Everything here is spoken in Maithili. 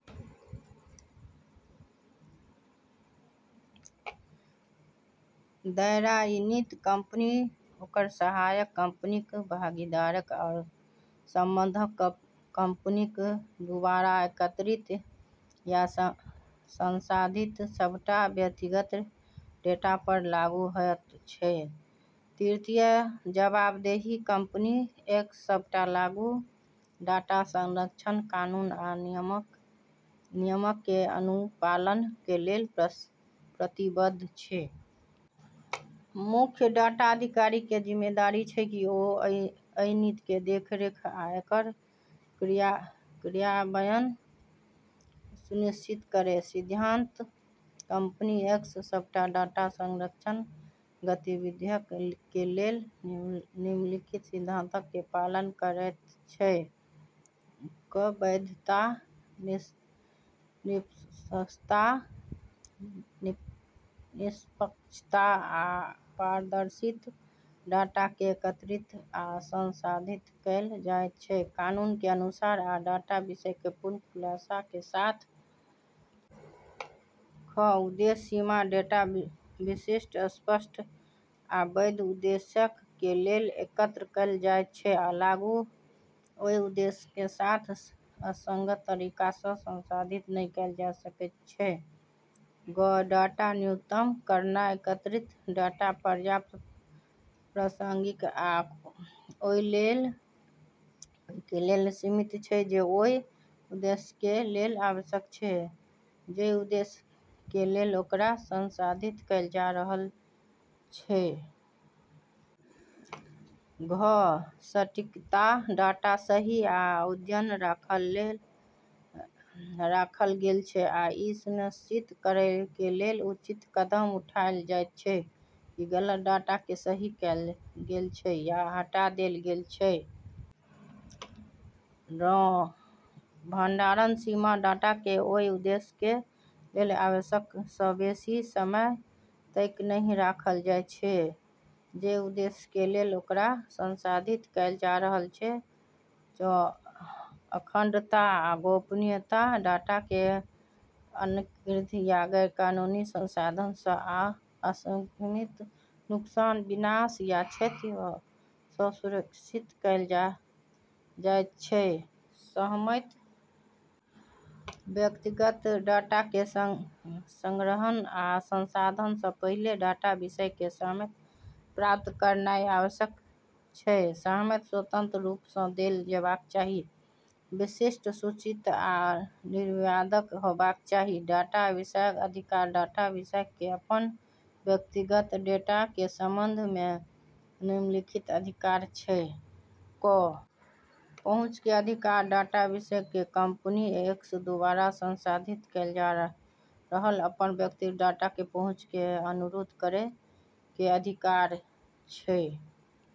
दायरा इ नीति कंपनी, ओकर सहायक कंपनीक, भागीदारक आ संबद्ध कंपनीक दूवारा एकत्रित या संसाधित सबटा व्यक्तिगत डेटा पर लागू होयत छै। तृतीय। जवाबदेही कंपनी एक्स सबटा लागू डाटा संरक्षण कानून आ नियमक के अनुपालन के लेल प्रतिबद्ध छै। मुख्य डाटा अधिकारी के जिम्मेदारी छै कि ओ अइ नीति के देखरेख आ एकर क्रियान्वयन सुनिश्चित करय। सिद्धांत कंपनी एक्स सबटा डाटा संरक्षण गतिविधियक के लेल निम्नलिखित सिद्धांतक के पालन करयत छै: क. वैधता, निष्पक्षता, आ पारदर्शिता: डाटा के एकत्रित आ संसाधित कैल जायत छै कानून के अनुसार आ डाटा विषय के पूर्ण खुलासा के साथ। ख. उद्देश्य सीमा: डेटा विशिष्ट, स्पष्ट आ वैध उद्देश्यक के लेल एकत्र कैल जायत छै आ आगू ओय उद्देश्यक के साथ असंगत तरीका सं संसाधित नहि कैल जायत छै। ग. डाटा न्यूनतम करनाय: एकत्रित डाटा पर्याप्त, प्रासंगिक आ ओय के लेल सीमित छै जे ओय उद्देश्यक के लेल आवश्यक छै जइ उद्देश्यक के लेल ओकरा संसाधित कैल जा रहल छै। घ. सटीकता: डाटा सही आ अद्यतन राखल गेल छै, आ इ सुनिश्चित करय के लेल उचित कदम उठाएल जायत छै कि गलत डाटा के सही कैल गेल छै या हटा देल गेल छै। ङ. भंडारण सीमा: डाटा के ओय उद्देश्यक के लेल आवश्यक सं बेसि समय तइक नहि राखल जायत छै जइ उद्देश्यक के लेल ओकरा संसाधित कैल जा रहल छै। च. अखंडता आ गोपनीयता: डाटा के अनधिकृत या गैरकानूनी संसाधन सं आ आकस्मिक नुकसान, विनाश, या क्षति सं सुरक्षित कैल जायत छै। सहमति व्यक्तिगत डाटा के संग्रहण आ संसाधन सं पहिले डाटा विषय के सहमति प्राप्त करनाय आवश्यक छै। सहमति स्वतंत्र रूप सं देल जेबाक चाही, विशिष्ट, सूचित आ निर्विवाद होबाक चाही। डाटा विषयक अधिकार डाटा विषयक के अपन व्यक्तिगत डेटा के संबंध मे निम्नलिखित अधिकार छै: क. पहुंच के अधिकार: डाटा विषयक के कंपनी एक्स दूवारा संसाधित कैल जा रहल अपन व्यक्तिगत डाटा के पहुंच के अनुरोध करय के अधिकार छै।